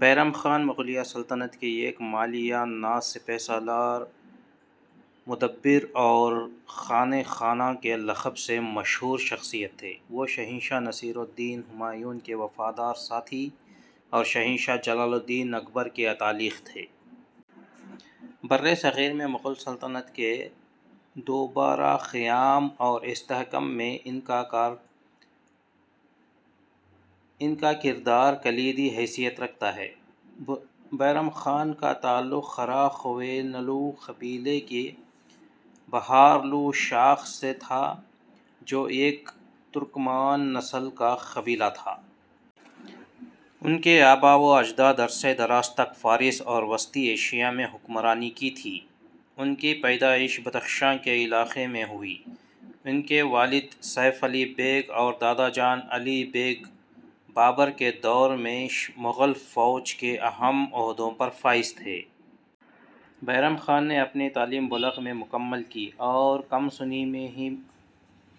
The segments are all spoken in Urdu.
بیرم خان مغلیہ سلطنت کے ایک مایہ ناز سپہ سالار ، مدبر اور خانِ خاناں کے لقب سے مشہور شخصیت تھے۔ وہ شہنشاہ نصیر الدین ہمایوں کے وفادار ساتھی اور شہنشاہ جلال الدین اکبر کے اتالیق تھے۔ برصغیر میں مغل سلطنت کے دوبارہ قیام اور استحکام میں ان کا کردار کلیدی حیثیت رکھتا ہے۔ بیرم خان کا تعلق قرا قویونلو قبیلے کی بہارلو شاخ سے تھا، جو ایک ترکمان نسل کا قبیلہ تھا۔ ان کے آبا و اجداد نے عرصہ دراز تک فارس اور وسطی ایشیا میں حکمرانی کی تھی۔ ان کی پیدائش بدخشان کے علاقے میں ہوئی۔ ان کے والد سیف علی بیگ اور دادا جان علی بیگ بابر کے دور میں مغل فوج کے اہم عہدوں پر فائز تھے۔ بیرم خان نے اپنی تعلیم بلخ میں مکمل کی اور کم سنی میں ہی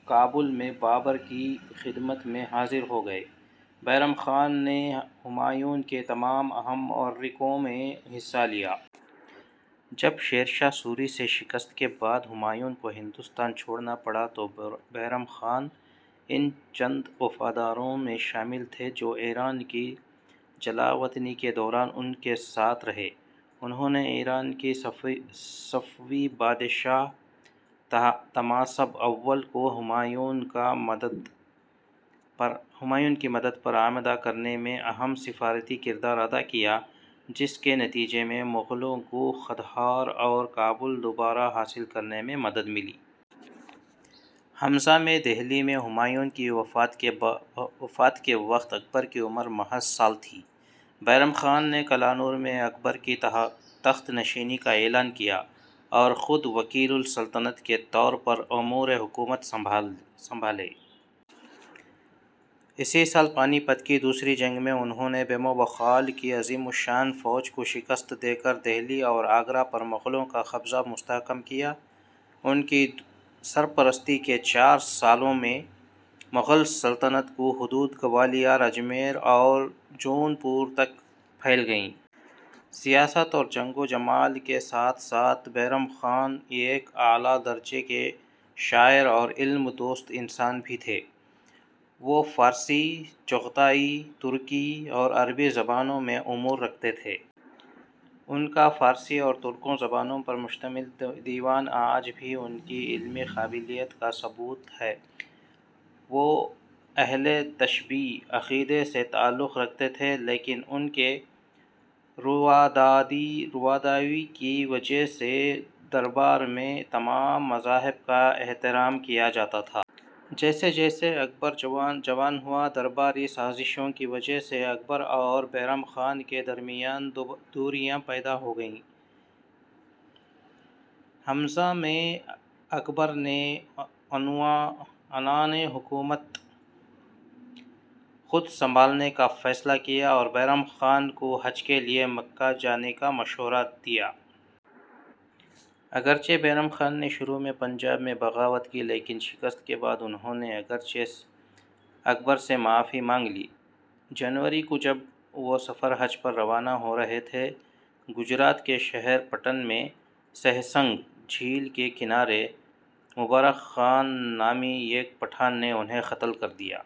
کابل میں بابر کی خدمت میں حاضر ہو گئے۔ بیرم خان نے ہمایوں کے تمام اہم معرکوں میں حصہ لیا۔ جب شیر شاہ سوری سے شکست کے بعد ہمایوں کو ہندوستان چھوڑنا پڑا، تو بیرم خان ان چند وفاداروں میں شامل تھے جو ایران کی جلاوطنی کے دوران ان کے ساتھ رہے۔ انھوں نے ایران کے صفوی بادشاہ شاہ طہماسپ اول کو ہمایوں کی مدد پر آمادہ کرنے میں اہم سفارتی کردار ادا کیا، جس کے نتیجے میں مغلوں کو قندھار اور کابل دوبارہ حاصل کرنے میں مدد ملی۔ ء میں دہلی میں ہمایوں کی وفات کے وقت اکبر کی عمر محض سال تھی۔ بیرم خان نے کلانور میں اکبر کی تخت نشینی کا اعلان کیا اور خود وکیل السلطنت کے طور پر امورِ حکومت سنبھالے۔ اسی سال پانی پت کی دوسری جنگ میں انھوں نے ہیمو بقال کی عظیم الشان فوج کو شکست دے کر دہلی اور آگرہ پر مغلوں کا قبضہ مستحکم کیا۔ ان کی سرپرستی کے چار سالوں میں مغل سلطنت کی حدود گوالیار ، اجمیر اور جون پور تک پھیل گئیں۔ سیاست اور جنگ و جدل کے ساتھ ساتھ بیرم خان ایک اعلیٰ درجے کے شاعر اور علم دوست انسان بھی تھے۔ وہ فارسی ، چغتائی ترکی اور عربی زبانوں پر عبور رکھتے تھے۔ ان کا فارسی اور ترکی زبانوں پر مشتمل دیوان آج بھی ان کی علمی قابلیت کا ثبوت ہے۔ وہ اہل تشیع عقیدے سے تعلق رکھتے تھے لیکن ان کی رواداری کی وجہ سے دربار میں تمام مذاہب کا احترام کیا جاتا تھا۔ جیسے جیسے اکبر جوان ہوا، درباری سازشوں کی وجہ سے اکبر اور بیرم خان کے درمیان دوریاں پیدا ہو گئیں۔ ء میں اکبر نے عنانِ حکومت خود سنبھالنے کا فیصلہ کیا اور بیرم خان کو حج کے لیے مکہ جانے کا مشورہ دیا۔ اگرچہ بیرم خان نے شروع میں پنجاب میں بغاوت کی، لیکن شکست کے بعد انھوں نے اکبر سے معافی مانگ لی۔ جنوری ء کو جب وہ سفرِ حج پر روانہ ہو رہے تھے، گجرات کے شہر پٹن میں "سہسہ لنگ" جھیل کے کنارے مبارک خان نامی ایک پٹھان نے انھیں قتل کر دیا۔